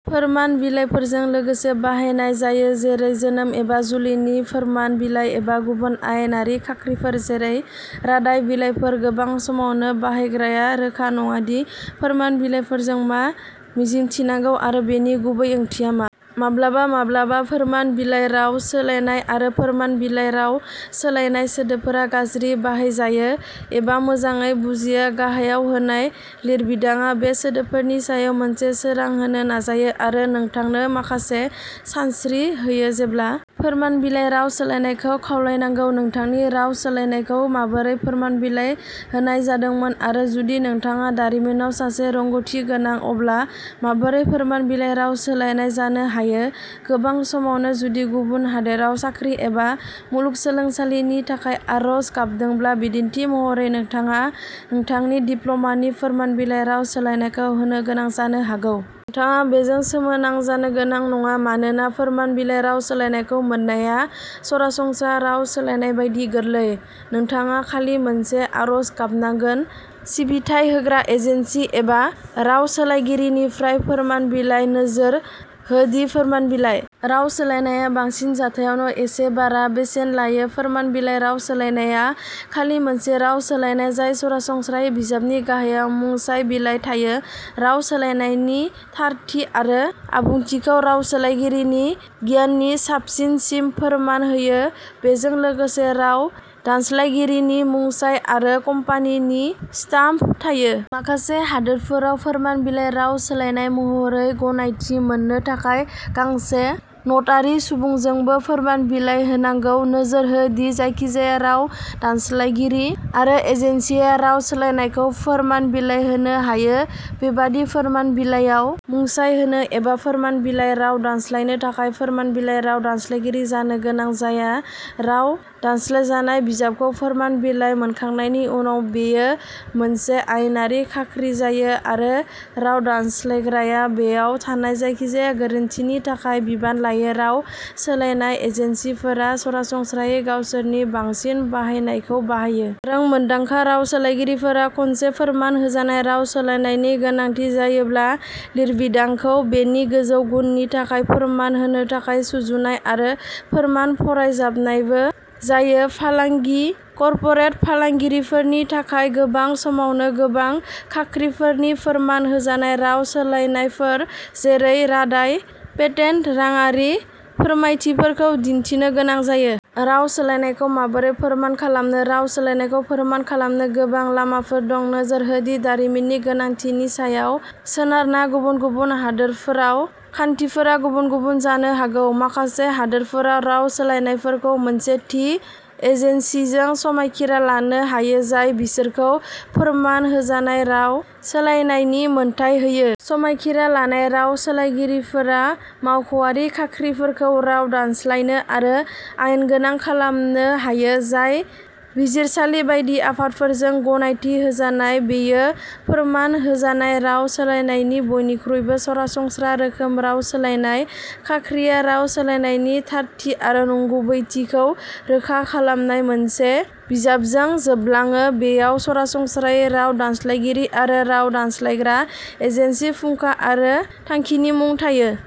फोरमान बिलाइफोरजों लोगोसे बाहायनाय जायो जेरै जोनोम एबा जुलिनि फोरमान बिलाइ एबा गुबुन आयेनारि खाख्रिफोर जेरै रादाय बिलाइफोर गोबां समावनो बायग्राया रोखा नङा दि फोरमान बिलाइजों मा मिजिंथिनांगौ आरो बेनि गुबै ओंथिया मा माब्लाबा माब्लाबा फोरमान बिलाइ राव सोलायनाय आरो फोरमान बिलाइ राव सोलायनाय सोदोबफोरा गाज्रि बाहायजायो एबा मोजाङै बुजिया गाहायाव होनाय लिरबिदांआ बे सोदोबनि सायाव मोनसे सोरां होनो नाजायो आरो नोंथांनो माखासे सानस्रि होयो जेब्ला फोरमान बिलाइ राव सोलायनायखौ खावलायनांगौ नोंथांनि राव सोलायनायखौ माबोरै फोरमान बिलाइ होनाय जादोंमोन आरो जुदि नोंथाङा दारिमिनाव सासे रोंग'थि गोनां अब्ला माबोरै फोरमान बिलाइ राव सोलायनाय जानो हायो गोबां समावनो जुदि गुबुन हादोराव साख्रि एबा मुलुगसोलोंसालिनि थाखाय आर'ज गाबदोंब्ला बिदिन्थि महरै नोंथाङा नोंथांनि डिप्ल'मानि फोरमान बिलाइ राव सोलायनायखौ होनो गोनां जानो हागौ। नोंथाङा बेजों सोमोनांजानो गोनां नङा मानोना फोरमान बिलाइ राव सोलायनायखौ मोननाया सरासनस्रा राव सोलायनाय बायदि गोरलै नोंथाङा खालि मोनसे आरज गाबनांगोन सिबिथाय होग्रा एजेन्सि एबा रावसोलायगिरिनिफ्राय फोरमान बिलाइ नोजोर हो दि फोरमान बिलाइ राव सोलायनाया बांसिन जाथायावनो एसे बारा बेसेन लायो फोरमान बिलाइ राव सोलायनाया खालि मोनसे राव सोलायनाय जाय सरासनस्रायै बिजाबनि गाहायाव मुंसाइ बिलाइ थायो राव सोलायनायनि थारथि आरो आबुंथिखौ रावसोलायगिरिनि गियाननि साबसिनसिम फोरमान होयो बेजों लोगोसे राव दानस्लायगिरिनि मुंसाइ आरो कम्पानिनि स्टाम्प थायो। माखासे हादोरफोराव फोरमान बिलाइ राव सोलायनाय महरै गनायथि मोननो थाखाय गांसे नटारि सुबुंजोंबो फोरमान बिलाइ होनांगौ। नोजोर हो दि जायखिजाया राव दानस्लायगिरि आरो एजेन्सिआ राव सोलायनायखौ फोरमान बिलाइ होनो हायो बेबादि फोरमान बिलाइयाव मुंसाइ होनो एबा फोरमान बिलाइ राव दानस्लायनो थाखाय फोरमान बिलाइ राव दानस्लायगिरि जानो गोनां जाया राव दानस्लायजानाय बिजाबखौ फोरमान बिलाइ मोनखांनायनि उनाव बेयो मोनसे आयेनारि खाख्रि जायो आरो राव दानस्लायग्राया बेयाव थानाय जायखिजाया गोरोन्थिनि थाखाय बिबान लायो राव सोलायनाय एजेन्सिफोरा सरासनस्रायै गावसोरनि बांसिन बाहायनायखौ बाहायो। रोंमोन्दांखा रावसोलायगिरिफोरा खनसे फोरमान होजानाय राव सोलायनायनि गोनांथि जायोब्ला लिरबिदांखौ बेनि गोजौ गुननि थाखाय फोरमान होनो थाखाय सुजुनाय आरो फोरमान फरायजानायबो जायो फालांगि कर्परेट फालांगिफोरनि थाखाय गोबां समावनो गोबां खाख्रिफोरनि फोरमान होजानाय राव सोलायनायफोर जेरै रादाय पेटेन्ट राङारि फोरमायथिफोरखौ दिन्थिनो गोनां जायो। राव सोलायनायखौ माबोरै फोरमान खालामनो राव सोलायनायखौ फोरमान खालामनो गोबां लामाफोर दं नोजोर हो दि दारिमिननि गोनांथिनि सायाव सोनारना गुबुन गुबुन हादोरफोराव खान्थिफोरा गुबुन गुबुन जानो हागौ। माखासे हादोरफोराव राव सोलायनायफोरखौ मोनसे थि एजेन्सिजों समायखिरा लानो हायो जाय बिसोरखौ फोरमान होजानाय राव सोलायनायनि मोन्थाइ होयो। समायखिरा लानाय राव सोलायगिरिफोरा मावख'आरि खाख्रिफोरखौ राव दानस्लायनो आरो आयेनगोनां खालामनो हायो जाय बिजिरसालि बायदि आफादफोरजों गनायथि होजानाय बेयो फोरमान होजानाय राव सोलायनायनि बयनिख्रुइबो सरासनस्रा रोखोम राव सोलायनाय खाख्रिआ राव सोलायनायनि थारथि आरो नंगुबैथिखौ रोखा खालामनाय मोनसे बिजाबजों जोबलाङो बेयाव सरासनस्रायै राव दानस्लायगिरि आरो राव दानस्लायग्रा एजेन्सि फुंखा आरो थांखिनि मुं थायो।